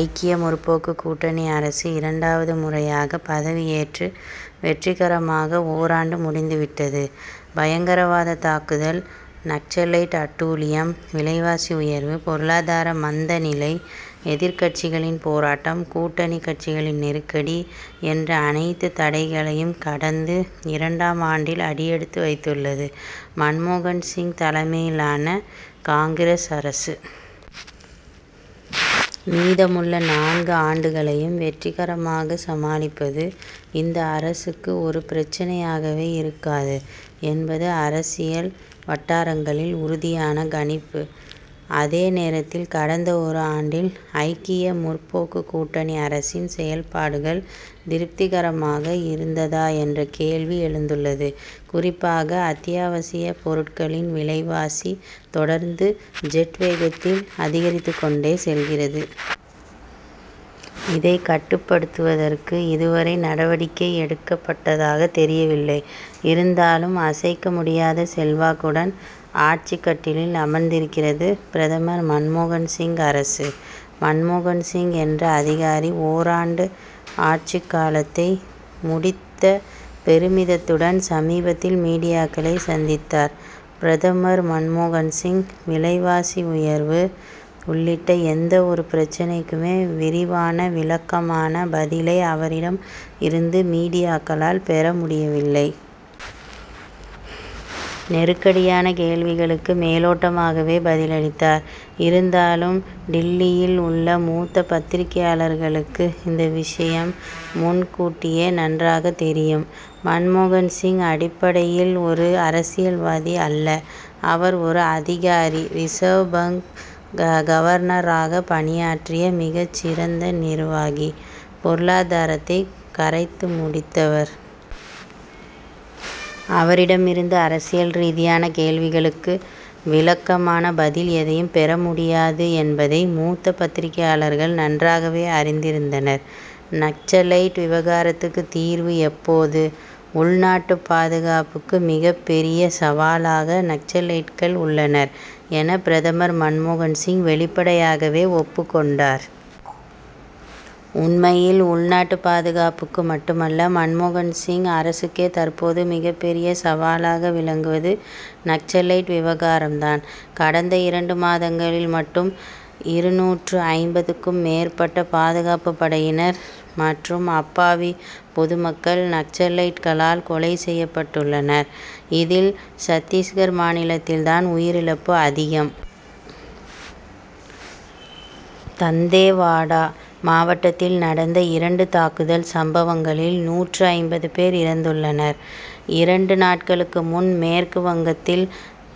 ஐக்கிய முற்போக்கு கூட்டணி அரசு இரண்டாவது முறையாக பதவியேற்று வெற்றிகரமாக ஓராண்டு முடிந்து விட்டது. பயங்கரவாத தாக்குதல், நக்சலைட் அட்டூழியம், விலைவாசி உயர்வு, பொருளாதார மந்த நிலை, எதிர்க்கட்சிகளின் போராட்டம், கூட்டணி கட்சிகளின் நெருக்கடி என்ற அனைத்து தடைகளையும் கடந்து, இரண்டாம் ஆண்டில் அடி எடுத்து வைத்துள்ளது, மன்மோகன் சிங் தலைமையிலான காங்கிரஸ் அரசு. மீதமுள்ள நான்கு ஆண்டுகளையும் வெற்றிகரமாக சமாளிப்பது, இந்த அரசுக்கு ஒரு பிரச்னையாகவே இருக்காது என்பது அரசியல் வட்டாரங்களில் உறுதியான கணிப்பு. அதே நேரத்தில், கடந்த ஒரு ஆண்டில் ஐக்கிய முற்போக்கு கூட்டணி அரசின் செயல்பாடுகள் திருப்திகரமாக இருந்ததா என்ற கேள்வி எழுந்துள்ளது. குறிப்பாக, அத்தியாவசியப் பொருட்களின் விலைவாசி தொடர்ந்து ஜெட் வேகத்தில் அதிகரித்துக் கொண்டே செல்கிறது. இதை கட்டுப்படுத்துவதற்கு இதுவரை நடவடிக்கை எடுக்கப்பட்டதாக தெரியவில்லை. இருந்தாலும், அசைக்க முடியாத செல்வாக்குடன் ஆட்சிக் கட்டிலில் அமர்ந்திருக்கிறது பிரதமர் மன்மோகன் சிங் அரசு. மன்மோகன் சிங் என்ற அதிகாரி ஓராண்டு ஆட்சி காலத்தை முடித்த பெருமிதத்துடன் சமீபத்தில் மீடியாக்களை சந்தித்தார், பிரதமர் மன்மோகன் சிங். விலைவாசி உயர்வு உள்ளிட்ட எந்த ஒரு பிரச்னைக்குமே விரிவான, விளக்கமான பதிலை அவரிடம் இருந்து மீடியாக்களால் பெற முடியவில்லை. நெருக்கடியான கேள்விகளுக்கு மேலோட்டமாகவே பதில் அளித்தார். இருந்தாலும், டில்லியில் உள்ள மூத்த பத்திரிகையாளர்களுக்கு இந்த விஷயம் முன் கூட்டியே நன்றாக தெரியும். மன்மோகன் சிங், அடிப்படையில் ஒரு அரசியல்வாதி அல்ல. அவர் ஒரு அதிகாரி. ரிசர்வ் பாங்க் கவர்னராக பணியாற்றிய, மிகச் சிறந்த நிர்வாகி. பொருளாதாரத்தை கரைத்துக் குடித்தவர். அவரிடம் இருந்து அரசியல் ரீதியான கேள்விகளுக்கு விளக்கமான பதில் எதையும் பெற முடியாது என்பதை, மூத்த பத்திரிகையாளர்கள் நன்றாகவே அறிந்திருந்தனர். நக்சலைட் விவகாரத்துக்கு தீர்வு எப்போது? உள்நாட்டு பாதுகாப்புக்கு மிகப் பெரிய சவாலாக நக்சலைட்கள் உள்ளனர்' என, பிரதமர் மன்மோகன் சிங் வெளிப்படையாகவே ஒப்புக் கொண்டார். உண்மையில், உள்நாட்டு பாதுகாப்புக்கு மட்டுமல்ல, மன்மோகன் சிங் அரசுக்கே தற்போது மிகப் பெரிய சவாலாக விளங்குவது நக்சலைட் விவகாரம் தான். கடந்த இரண்டு மாதங்களில் மட்டும் இருநூற்று ஐம்பதுக்கும் மேற்பட்ட பாதுகாப்பு படையினர் மற்றும் அப்பாவி பொதுமக்கள் நக்சலைட் களால் கொலை செய்யப் பட்டுள்ளனர். இதில், சத்திஸ்கர் மாநிலத்தில் தான் உயிரிழப்பு அதிகம். தந்தேவாடா மாவட்டத்தில் நடந்த இரண்டு தாக்குதல் சம்பவங்களில் நூற்று ஐம்பது பேர் இறந்துள்ளனர். இரண்டு நாட்களுக்கு முன் மேற்கு வங்கத்தில்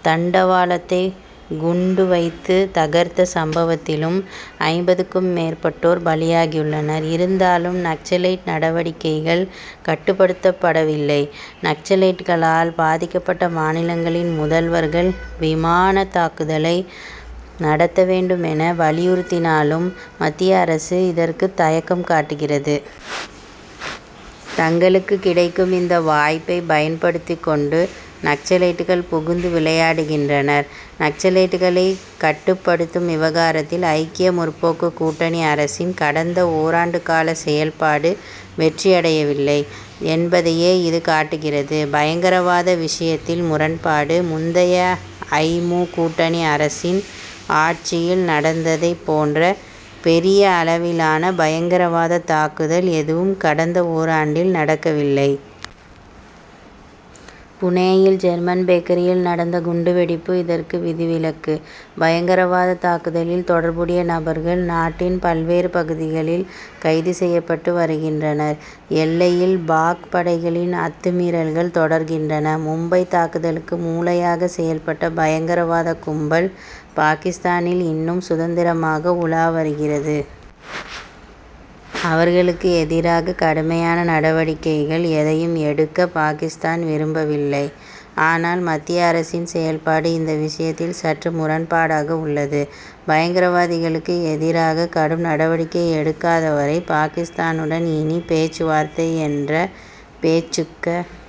தண்டவாளத்தை குண்டு வைத்து தகர்த்த சம்பவத்திலும் ஐம்பதுக்கும் மேற்பட்டோர் பலியாகியுள்ளனர். இருந்தாலும், நக்சலைட் நடவடிக்கைகள் கட்டுப்படுத்தப்படவில்லை. நக்சலைட்களால் பாதிக்கப்பட்ட மாநிலங்களின் முதல்வர்கள், விமான தாக்குதலை நடத்த வேண்டும் என, வலியுறுத்தினாலும், மத்திய அரசு இதற்கு தயக்கம் காட்டுகிறது. தங்களுக்கு கிடைக்கும் இந்த வாய்ப்பை பயன்படுத்திக் கொண்டு, நக்சலைட்கள் புகுந்து விளையாடுகின்றனர். நக்சலைட்களை கட்டுப்படுத்தும் விவகாரத்தில் ஐக்கிய முற்போக்கு கூட்டணி அரசின் கடந்த ஓராண்டு கால செயல்பாடு வெற்றியடையவில்லை என்பதையே இது காட்டுகிறது. பயங்கரவாத விஷயத்தில் முரண்பாடு: முந்தைய ஐ. மு., கூட்டணி அரசின் ஆட்சியில் நடந்ததை போன்ற பெரிய அளவிலான பயங்கரவாத தாக்குதல் எதுவும் கடந்த ஓராண்டில் நடக்கவில்லை. புனேயில் ஜெர்மன் பேக்கரியில் நடந்த குண்டு வெடிப்பு இதற்கு விதிவிலக்கு. பயங்கரவாத தாக்குதலில் தொடர்புடைய நபர்கள், நாட்டின் பல்வேறு பகுதிகளில் கைது செய்யப்பட்டு வருகின்றனர். எல்லையில் பாக்., படைகளின் அத்துமீறல்கள் தொடர்கின்றன. மும்பை தாக்குதலுக்கு மூளையாக செயல்பட்ட பயங்கரவாத கும்பல், பாகிஸ்தானில் இன்னும் சுதந்திரமாக உலா வருகிறது. அவர்களுக்கு எதிராக கடுமையான நடவடிக்கைகள் எதையும் எடுக்க, பாகிஸ்தான் விரும்பவில்லை. ஆனால், மத்திய அரசின் செயல்பாடு இந்த விஷயத்தில் சற்று முரண்பாடாக உள்ளது. பயங்கரவாதிகளுக்கு எதிராக கடும் நடவடிக்கை எடுக்காத வரை, பாகிஸ்தானுடன் இனி பேச்சுவார்த்தை என்ற பேச்சுக்க